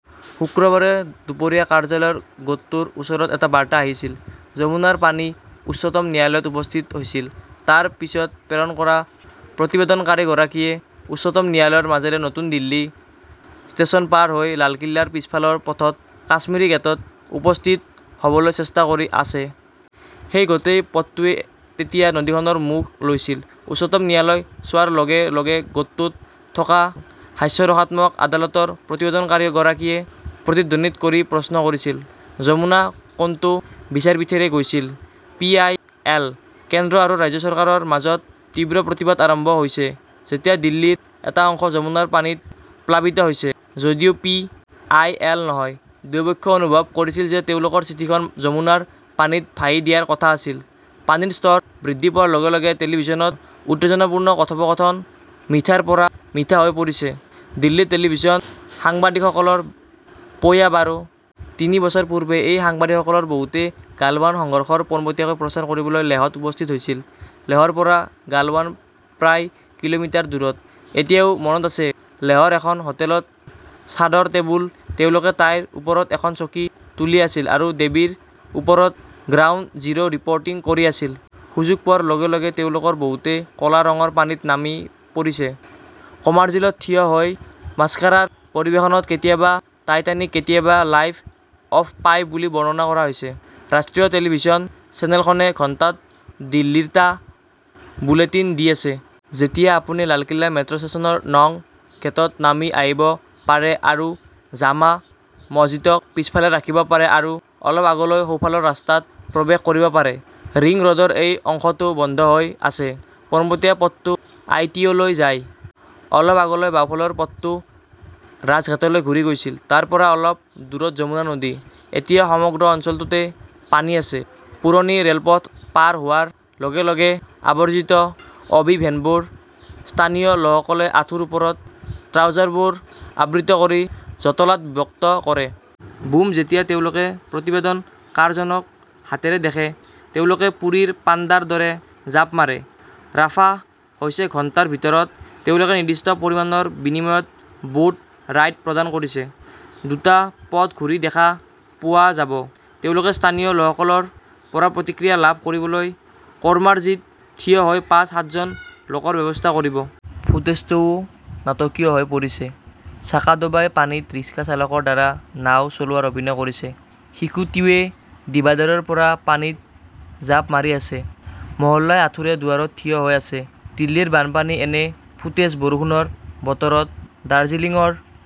শুক্ৰবাৰে দুপৰীয়া কাৰ্যালয়ৰ গোটটোৰ ওচৰত এটা বাৰ্তা আহিছিল, যমুনাৰ পানী উচ্চতম ন্যায়ালয়ত উপস্থিত হৈছিল! তাৰ পিছত প্ৰেৰণ কৰা প্ৰতিবেদনকাৰীগৰাকীয়ে উচ্চতম ন্যায়ালয়ৰ মাজেৰে নতুন দিল্লী ষ্টেচন পাৰ হৈ লালকিল্লাৰ পিছফালৰ পথত কাশ্মীৰী গেটত উপস্থিত হ "বলৈ চেষ্টা কৰি আছে। সেই গোটেই পথটোৱে তেতিয়া নদীখনৰ মুখ লৈছিল। 'উচ্চতম ন্যায়ালয় "চোৱাৰ লগে লগে গোটটোত থকা হাস্যৰসাত্মক আদালতৰ প্ৰতিবেদনকাৰীগৰাকীয়ে প্ৰতিধ্বনিত কৰি প্ৰশ্ন কৰিছিলঃ" যমুনা কোনটো বিচাৰপীঠেৰে গৈছিল? পি. আই. এল.? "কেন্দ্ৰ আৰু ৰাজ্য চৰকাৰৰ মাজত তীব্ৰ প্ৰতিবাদ আৰম্ভ হৈছে যেতিয়া দিল্লীৰ এটা অংশ যমুনাৰ পানীত প্লাবিত হৈছে, যদিও পি. আই. এল. নহয়। দুয়োপক্ষই অনুভৱ কৰিছিল যে তেওঁলোকৰ চিঠিখন যমুনাৰ পানীত ভাহি দিয়াৰ কথা আছিল! পানীৰ স্তৰ বৃদ্ধি পোৱাৰ লগে লগে টেলিভিছনত উত্তেজনাপূৰ্ণ কথোপকথন 'মিঠা "ৰ পৰা' মিঠা" হৈ পৰিছে। দিল্লীৰ টেলিভিছন সাংবাদিকসকলৰ পোয়া বাৰো! তিনি বছৰ পূৰ্বে এই সাংবাদিকসকলৰ বহুতে গালৱান সংঘৰ্ষৰ পোনপটীয়াকৈ প্ৰচাৰ কৰিবলৈ লেহত উপস্থিত হৈছিল। লেহৰ পৰা গালৱান প্ৰায় কিলোমিটাৰ দূৰত। এতিয়াও মনত আছে, লেহৰ এখন হোটেলত ছাদৰ টেবুল। তেওঁলোকে তাইৰ ওপৰত এখন চকী তুলি আছিল আৰু দেৱীৰ ওপৰত 'গ্ৰাউণ্ড জিৰো ৰিপৰ্টিং "কৰি আছিল। সুযোগ পোৱাৰ লগে লগে তেওঁলোকৰ বহুতে ক 'লা ৰঙৰ পানীত নামি পৰিছে। কোমাৰ্জিলত থিয় হৈ মাস্কাৰা পৰিৱেশনত কেতিয়াবা "টাইটানিক", কেতিয়াবা "লাইফ অৱ পাই" বুলি বৰ্ণনা কৰা হৈছে। ৰাষ্ট্ৰীয় টেলিভিছন চেনেলখনে ঘণ্টাত দিল্লীৰ টা বুলেটিন দি আছে। যেতিয়া আপুনি লালকিল্লা মেট্ৰ 'ষ্টেচনৰ নং গেটত নামি আহিব পাৰে আৰু জামা মছজিদক পিছফালে ৰাখিব পাৰে আৰু অলপ আগলৈ সোঁফালৰ ৰাস্তাত প্ৰৱেশ কৰিব পাৰে। ৰিং ৰোডৰ এই অংশটো বন্ধ হৈ আছে। পোনপটীয়া পথটো আইটিঅ "লৈ যায়। অলপ আগলৈ বাওঁফালৰ পথটো ৰাজঘাটলৈ ঘূৰি গৈছিল। তাৰ পৰা অলপ দূৰত যমুনা নদী। এতিয়া সমগ্ৰ অঞ্চলটোতে পানী আছে। পুৰণি ৰে 'লপথ পাৰ হোৱাৰ লগে লগে আবৰ্জিত অ' বি ভেনবোৰ। স্থানীয় লোকসকলে আঁঠুৰ ওপৰত ট্ৰাউজাৰবোৰ আবৃত কৰি জটলাত বিভক্ত কৰে। বুম-যেতিয়া তেওঁলোকে প্ৰতিবেদনকাৰজনক হাতেৰে দেখে, তেওঁলোকে পুৰীৰ পাণ্ডাৰ দৰে জাপ মাৰে। ৰাফাহ হৈছে ঘণ্টাৰ ভিতৰত। তেওঁলোকে নিৰ্দিষ্ট পৰিমাণৰ বিনিময়ত 'বোট ৰাইড "প্ৰদান কৰিছে। দুটা পথ ঘূৰি দেখা পোৱা যাব। তেওঁলোকে স্থানীয় লোকসকলৰ পৰা প্ৰতিক্ৰিয়া লাভ কৰিবলৈ কোৰ্মাৰ্জিত থিয় হৈ পাঁচ-সাতজন লোকৰ ব্যৱস্থা কৰিব। ফুটেজটোও নাটকীয় হৈ পৰিছে! চাকাদোবাই পানীত ৰিক্সা চালকৰ দ্বাৰা নাও চলোৱাৰ অভিনয় কৰিছে। শিশুটিৱে ডিভাইডাৰৰ পৰা পানীত জাপ মাৰি আছে। মোহল্লাই আঁঠুৰে দুৱাৰত থিয় হৈ আছে। দিল্লীৰ বানপানীৰ এনে 'ফুটেজ "বৰষুণৰ বতৰত দাৰ্জিলিংৰ